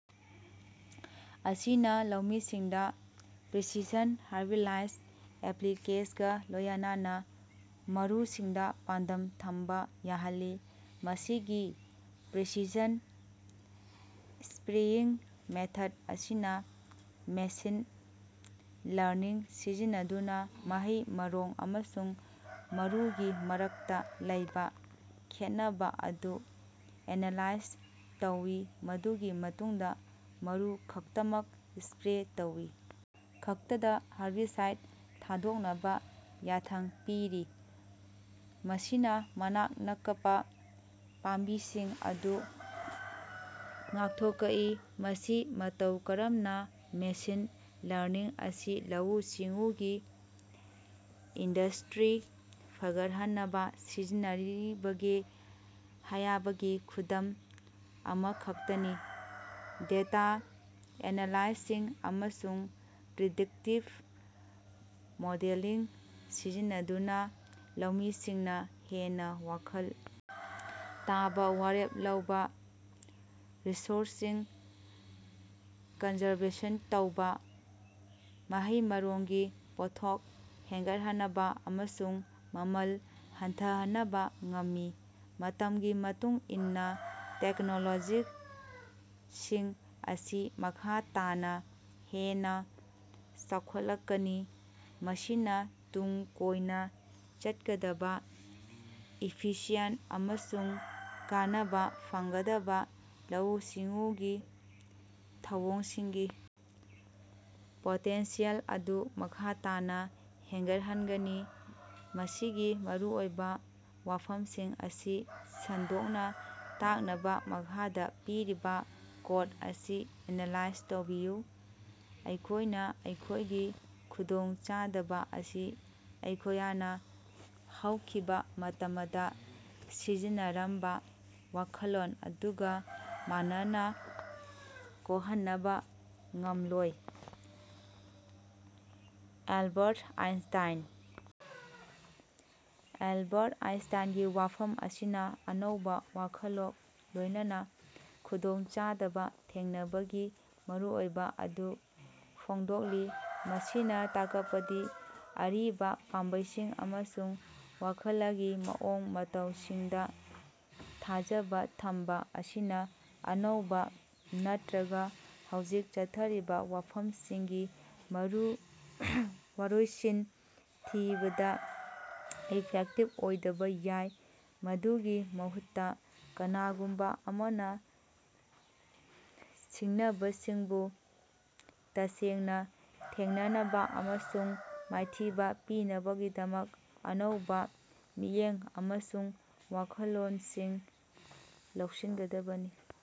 ꯑꯁꯤꯅꯥ ꯂꯧꯃꯤꯁꯤꯡꯗꯥ precision herbicide ꯑꯦꯄ꯭ꯂꯤꯀꯦꯁꯒ ꯂꯣꯌꯅꯅꯥ ꯃꯔꯨꯁꯤꯡꯗꯥ ꯄꯥꯟꯗꯝ ꯊꯝꯕꯥ ꯌꯥꯍꯜꯂꯤ꯫ ꯃꯁꯤꯒꯤ ꯄ꯭ꯔꯤꯁꯤꯁꯟ ꯁꯄ꯭ꯔꯦꯌꯤꯡ ꯃꯦꯊꯗ ꯑꯁꯤꯅꯥ ꯃꯦꯁꯤꯟ ꯂꯔꯅꯤꯡ ꯁꯤꯖꯤꯟꯅꯗꯨꯅꯥ ꯃꯍꯩ-ꯃꯔꯣꯡ ꯑꯃꯁꯨꯡ ꯃꯔꯨꯒꯤ ꯃꯔꯛꯇꯥ ꯂꯩꯕꯥ ꯈꯦꯠꯅꯕꯥ ꯑꯗꯨ ꯑꯦꯅꯥꯂꯥꯏꯖ ꯇꯧꯏ ꯃꯗꯨꯒꯤ ꯃꯇꯨꯡꯗꯥ ꯃꯔꯨ ꯈꯛꯇꯃꯛ ꯁꯄ꯭ꯔꯦ ꯇꯧꯏ꯫ ꯈꯛꯇꯗꯥ ꯍꯥꯔꯕꯤꯁꯥꯏꯗ ꯊꯥꯗꯣꯛꯅꯕꯥ ꯌꯥꯊꯪ ꯄꯤꯔꯤ, ꯃꯁꯤꯅꯥ ꯃꯅꯥꯛ ꯅꯀꯄꯥ ꯄꯥꯝꯕꯤꯁꯤꯡ ꯑꯗꯨ ꯉꯥꯛꯊꯣꯀꯏ꯫ ꯃꯁꯤ ꯃꯇꯧ ꯀꯔꯝꯅꯥ ꯃꯦꯁꯤꯟ ꯂꯔꯅꯤꯡ ꯑꯁꯤ ꯂꯧꯑꯨ-ꯁꯤꯡꯑꯨꯒꯤ ꯏꯟꯗꯁ꯭ꯔꯤ ꯐꯒꯠꯍꯟꯅꯕꯥ ꯁꯤꯖꯤꯟꯅꯔꯤꯕꯒꯦ ꯍꯥꯌꯕꯒꯤ ꯈꯨꯗꯝ ꯑꯃꯈꯛꯇꯅꯤ꯫ ꯗꯦꯇꯥ ꯑꯦꯅꯥꯂꯥꯏꯁꯤꯁ ꯑꯃꯁꯨꯡ ꯄ꯭ꯔꯤꯗꯤꯛꯇꯤꯚ ꯃꯣꯗꯦꯂꯤꯡ ꯁꯤꯖꯤꯟꯅꯗꯨꯅꯥ ꯂꯧꯃꯤꯁꯤꯡꯅꯥ ꯍꯦꯟꯅꯥ ꯋꯥꯈꯜ ꯇꯥꯕꯥ ꯋꯥꯔꯦꯞ ꯂꯧꯕꯥ, ꯔꯤꯁꯣꯔꯁꯁꯤꯡ ꯀꯟꯖꯔꯕꯦꯁꯟ ꯇꯧꯕꯥ, ꯃꯍꯩ-ꯃꯔꯣꯡꯒꯤ ꯄꯣꯠꯊꯣꯛ ꯍꯦꯒꯠꯍꯟꯕꯥ ꯑꯃꯁꯨꯡ ꯃꯃꯜ ꯍꯟꯊꯍꯅꯕꯥ ꯉꯝꯃꯤ꯫ ꯃꯇꯝꯒꯤ ꯃꯇꯨꯡ ꯏꯟꯅꯥ ꯇꯦꯛꯅꯣꯂꯣꯖꯤꯁꯤꯡ ꯑꯁꯤ ꯃꯈꯥ ꯇꯥꯅꯥ ꯍꯦꯟꯅꯥ ꯆꯥꯎꯈꯠꯂꯛꯀꯅꯤ, ꯃꯁꯤꯅꯥ ꯇꯨꯡ ꯀꯣꯏꯅꯥ ꯆꯠꯀꯗꯕꯥ, ꯏꯐꯤꯁꯤꯌꯦꯟꯇ ꯑꯃꯁꯨꯡ ꯀꯥꯟꯅꯕꯥ ꯐꯪꯒꯗꯕꯥ ꯂꯧꯑꯨꯨ-ꯁꯤꯡꯨꯒꯤ ꯊꯧꯑꯣꯡꯁꯤꯡꯒꯤ ꯄꯣꯇꯦꯟꯁꯤꯌꯦꯜ ꯑꯗꯨ ꯃꯈꯥ ꯇꯥꯅꯥ ꯍꯦꯟꯒꯠꯍꯟꯒꯅꯤ꯫ ꯃꯁꯤꯒꯤ ꯃꯔꯨꯑꯣꯏꯕꯥ ꯋꯥꯐꯝꯁꯤꯡ ꯑꯁꯤ ꯁꯟꯗꯣꯛꯅꯥ ꯇꯥꯛꯅꯕꯥ ꯃꯈꯥꯗꯥ ꯄꯤꯔꯤꯕꯥ ꯀꯣꯠ ꯑꯁꯤ ꯑꯦꯅꯥꯂꯥꯏꯖ ꯇꯧꯕꯤꯌꯨ꯫ "ꯑꯩꯈꯣꯏꯅꯥ ꯑꯩꯈꯣꯏꯒꯤ ꯈꯨꯗꯣꯡ ꯆꯥꯗꯕ ꯑꯁꯤ ꯑꯩꯈꯣꯌꯅꯥ ꯍꯧꯈꯤꯕꯥ ꯃꯇꯃꯗꯥ ꯁꯤꯖꯤꯟꯅꯔꯝꯕꯥ ꯋꯥꯈꯜꯂꯣꯟ ꯑꯗꯨꯒꯥ ꯃꯥꯟꯅꯅꯥ ꯀꯣꯛꯍꯟꯅꯕꯥ ꯉꯝꯂꯣꯏ꯫" Albert Einstein. ꯑꯦꯂꯕꯥꯔꯠ ꯑꯥꯏꯟꯁꯥꯏꯟꯒꯤ ꯋꯥꯐꯝ ꯑꯁꯤꯅꯥ ꯑꯅꯧꯕꯥ ꯋꯥꯈꯜꯂꯣꯒ ꯂꯣꯏꯅꯅꯥ ꯈꯨꯗꯣꯡ ꯆꯥꯗꯕ ꯊꯦꯡꯅꯕꯒꯤ ꯃꯔꯨꯑꯣꯏꯕꯥ ꯑꯗꯨ ꯐꯣꯡꯗꯣꯛꯂꯤ꯫ ꯃꯁꯤꯅꯥ ꯇꯥꯀꯄꯗꯤ ꯑꯔꯤꯕꯥ ꯄꯥꯝꯕꯩꯁꯤꯡ ꯑꯃꯁꯨꯡ ꯋꯥꯈꯂꯒꯤ ꯃꯑꯣꯡ ꯃꯇꯧꯁꯤꯡꯗꯥ ꯊꯥꯖꯕꯥ ꯊꯝꯕꯥ ꯑꯁꯤꯅꯥ ꯑꯅꯧꯕꯥ ꯅꯠꯇ꯭ꯔꯒꯥ ꯍꯧꯖꯤꯛ ꯆꯠꯊꯔꯤꯕꯥ ꯋꯥꯐꯃꯁꯤꯡꯒꯤ ꯋꯔꯣꯏꯁꯤꯟ ꯊꯤꯕꯗꯥ ꯏꯐꯦꯛꯇꯤꯕ ꯑꯣꯏꯗꯕꯥ ꯌꯥꯏ꯫ ꯃꯗꯨꯒꯤ ꯃꯍꯨꯠꯇꯥ, ꯀꯅꯥꯒꯨꯝꯕꯥ ꯑꯃꯅꯥ ꯁꯤꯡꯅꯕꯁꯤꯡꯕꯨ ꯇꯁꯦꯡꯅꯥ ꯊꯦꯡꯅꯅꯕꯥ ꯑꯃꯁꯨꯡ ꯃꯥꯏꯊꯤꯕꯥ ꯄꯤꯅꯕꯒꯤꯗꯃꯛ ꯑꯅꯧꯕꯥ ꯃꯤꯠꯌꯦꯡ ꯑꯃꯁꯨꯡ ꯋꯥꯈꯜꯂꯣꯅꯁꯤꯡ ꯂꯧꯁꯤꯟꯒꯗꯕꯅꯤ꯫।